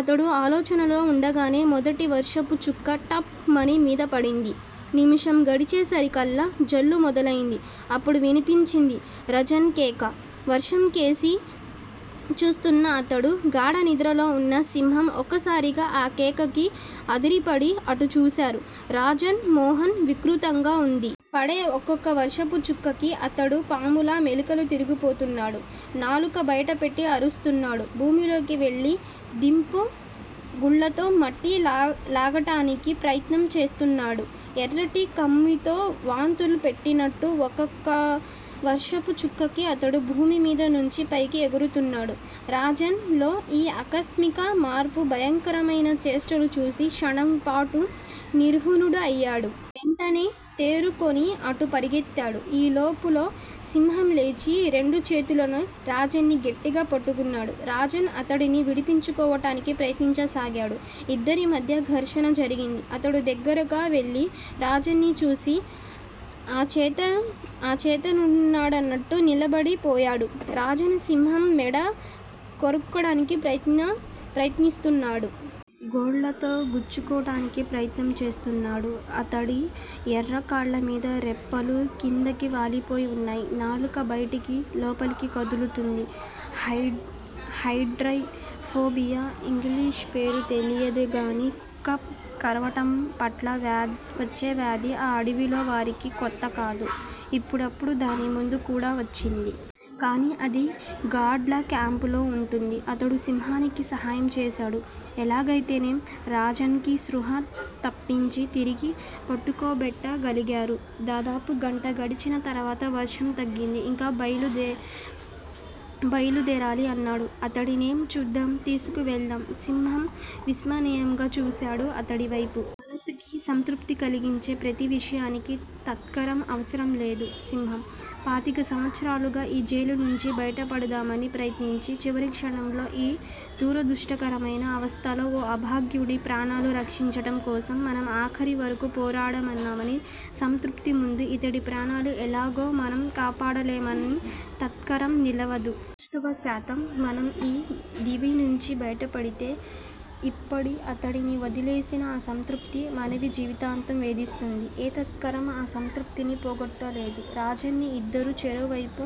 అతడు ఆలోచనల్లో వుండగానే మొదటి వర్షపు చుక్క టప్ మని మీద పడింది. నిముషం గడిచేసరికల్లా జల్లు మొదలైంది. అప్పుడు వినిపించింది రాజన్ కేక! వర్షంకేసి చూస్తూన్న అతడూ, గాఢనిద్రలో వున్న సింహం ఒక్కసారిగా ఆ కేకకి అదిరిపడి అటు చూశారు. రాజన్ మొహం వికృతంగా వుంది. పడే ఒక్కొక్క వర్షపు చుక్కకి అతడు పాములా మెలికలుతిరిగిపోతున్నాడు. నాలుకబయటపెట్టి అరుస్తున్నాడు. భూమిలోకి వేళ్ళు దింపి, గోళ్ళతో మట్టి లాగటానికి ప్రయత్నం చేస్తున్నాడు. ఎర్రటి కమ్మీతో వాతలు పెట్టినట్టు ఒక్కొక్క వర్షపు చుక్కకి అతడు భూమ్మీద నుంచి పైకి ఎగురుతున్నాడు. రాజన్ లో ఈ ఆకస్మిక మార్పు, భయంకరమైన చేష్టలుచూసి క్షణంపాటు నిర్విణ్ణుడయ్యాడు. వెంటనే తేరుకుని అటు పరుగెత్తాడు. ఈ లోపులో సింహం లేచి రెండు చేతుల్తోనూ రాజన్ ని గట్టిగా పట్టుకున్నాడు. రాజన్ అతడిని విడిపించుకోవటానికి ప్రయత్నించసాగాడు. ఇద్దరి మధ్యా ఘర్షణ జరిగింది. అతడు దగ్గరగా వెళ్ళి రాజన్ ని చూసి అచేతనుడయినట్టు నిలబడి పోయాడు. రాజన్ సింహం మెడ కొరకడానికి ప్రయత్నిస్తున్నాడు. గోళ్ళతో గుచ్చటానికి ప్రయత్నం చేస్తున్నాడు. అతడి ఎర్రకళ్ళమీద రెప్పలు క్రిందికి వాలిపోయి వున్నాయి. నాలుక బయటికీ, లోపలికీ కదులుతోంది. Hydrophobia! English పేరు తెలీదుగానీ, కుక్క కరవటంపట్ల వచ్చే వ్యాధి ఆ అడవిలో వారికి కొత్తకాదు. ఇప్పుడిప్పుడే దానికి మందు కూడా వచ్చింది. కానీ అది గార్డ్ ల క్యాంపులో వుంటుంది. అతడు సింహానికి సాయం చేశాడు. ఎలాగయితేనేం రాజన్ కి స్పృహ తప్పించి తిరిగి పుట్టుకోబెట్టగలిగారు. దాదాపు గంట గడిచిన తరువాత వర్షం తగ్గింది. ఇక బయలు దేరాలి అన్నాడు. ఇతడినేం చేద్దాం? తీసుకు వెళదాం. సింహం విస్మయంగా చూశాడు అతడివైపు. మనసుకి సంతృప్తి కలిగించే ప్రతి విషయానికీ తర్కం అవసరం లేదు సింహం! పాతికసంవత్సరాలుగా ఈ జైలునుంచి బయటపడదామని ప్రయత్నించి, చివరి క్షణంలో ఈ దురదృష్టకరమైన అవస్థలో ఓ అభాగ్యుడి ప్రాణాలు రక్షించటం కోసం మనం ఆఖరి వరకూ పోరాడామన్న సంతృప్తి ముందు- ఇతడి ప్రాణాలు ఎలాగూ మనం కాపాడలేమన్న తర్కం నిలవదు. అదృష్టవశాత్తూ మనం యీ దీవినుంచి బయటపడితే ఇప్పుడితడిని వదిలేసిన అసంతృప్తి మనవి జీవితాంతం వేధిస్తుంది. ఏ తర్కమూ ఆ అసంతృప్తిని పోగొట్టలేదు. రాజన్ ని ఇద్దరూ చెరోవైపూ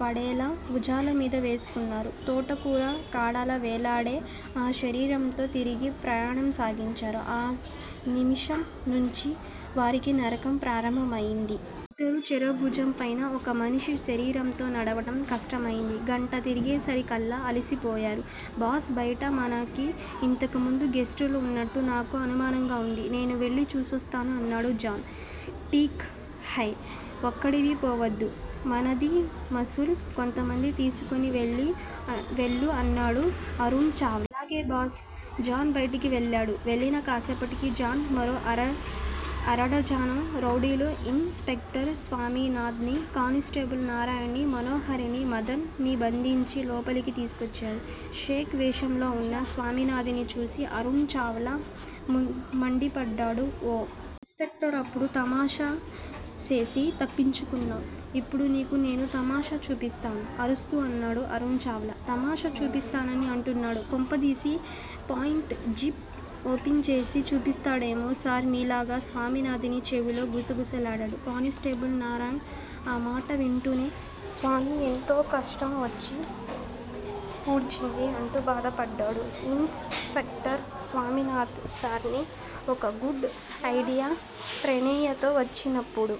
పాడెలా భుజాలమీద వేసుకున్నారు. తోటకూర కాడలా వేలాడే ఆ శరీరంతో తిరిగి ప్రయాణం సాగించారు. ఆ నిముషం నుంచీ వారికి నరకం ప్రారంభమయింది. ఇద్దరూ చెరో భుజం పైనా ఒక మనిషి శరీరంతో నడవటం కష్టమయింది. గంట తిరిగేసరికల్లా అలిసిపోయారు. బాస్ బయట మనకి ఇంకొంతమంది గెస్టులు వున్నట్టు నాకు అనుమానంగా వుంది. నేను వెళ్ళి చూసొస్తాను అన్నాడు జాన్. ఠీక్ హై ఒక్కడివి పోవద్దు. మనదీ మన్సుల్ కొంతమంది తీస్కుని వెళ్ళు అన్నాడు అరుణ్ చావ్లా. అలాగే బాస్! జాన్ బయటికి వెళ్ళాడు. వెళ్ళిన కాస్సేపటికే జాన్, మరో అరడజను రౌడీలు ఇన్స్ పెక్టర్ స్వామినాథన్ ని, కానిస్టేబుల్ నారాయణనీ, మనోహరినీ, మదన్ నీ బంధించి లోపలికి తీసుకోచ్చారు. షేక్ వేషంలో వున్న స్వామినాథన్ ని చూసి అరుణ్ చావ్లా మండిపడ్డాడు. ఓ! ఇన్స్ పెక్టర్! అప్పుడు తమాషా సేసి తప్పించుకున్నావు ఇప్పుడు నీకూ నేను తమాషా చూపిస్తాను అరుస్తూ అన్నాడు అరుణ్ చావ్లా. తమాషా చూపిస్తానని అంటున్నాడు. కొంపదీసి ప్యాంట్ జిప్ ఓపెన్ చేసి చూపిస్తాడేమో సార్ మీలాగా స్వామినాథన్ చెవిలో గుస గుసలాడాడు కానిస్టేబుల్ నారాయణ. ఆ మాట వింటూనే స్వామీ ఎంత కష్టం వచ్చి పూడ్చింది అంటూ బాధపడ్డాడు ఇన్స్ పెక్టర్ స్వామినాథన్. సార్! ఒక గుడ్ ఐడియా ప్రణయ్ తో వచ్చినప్పుడు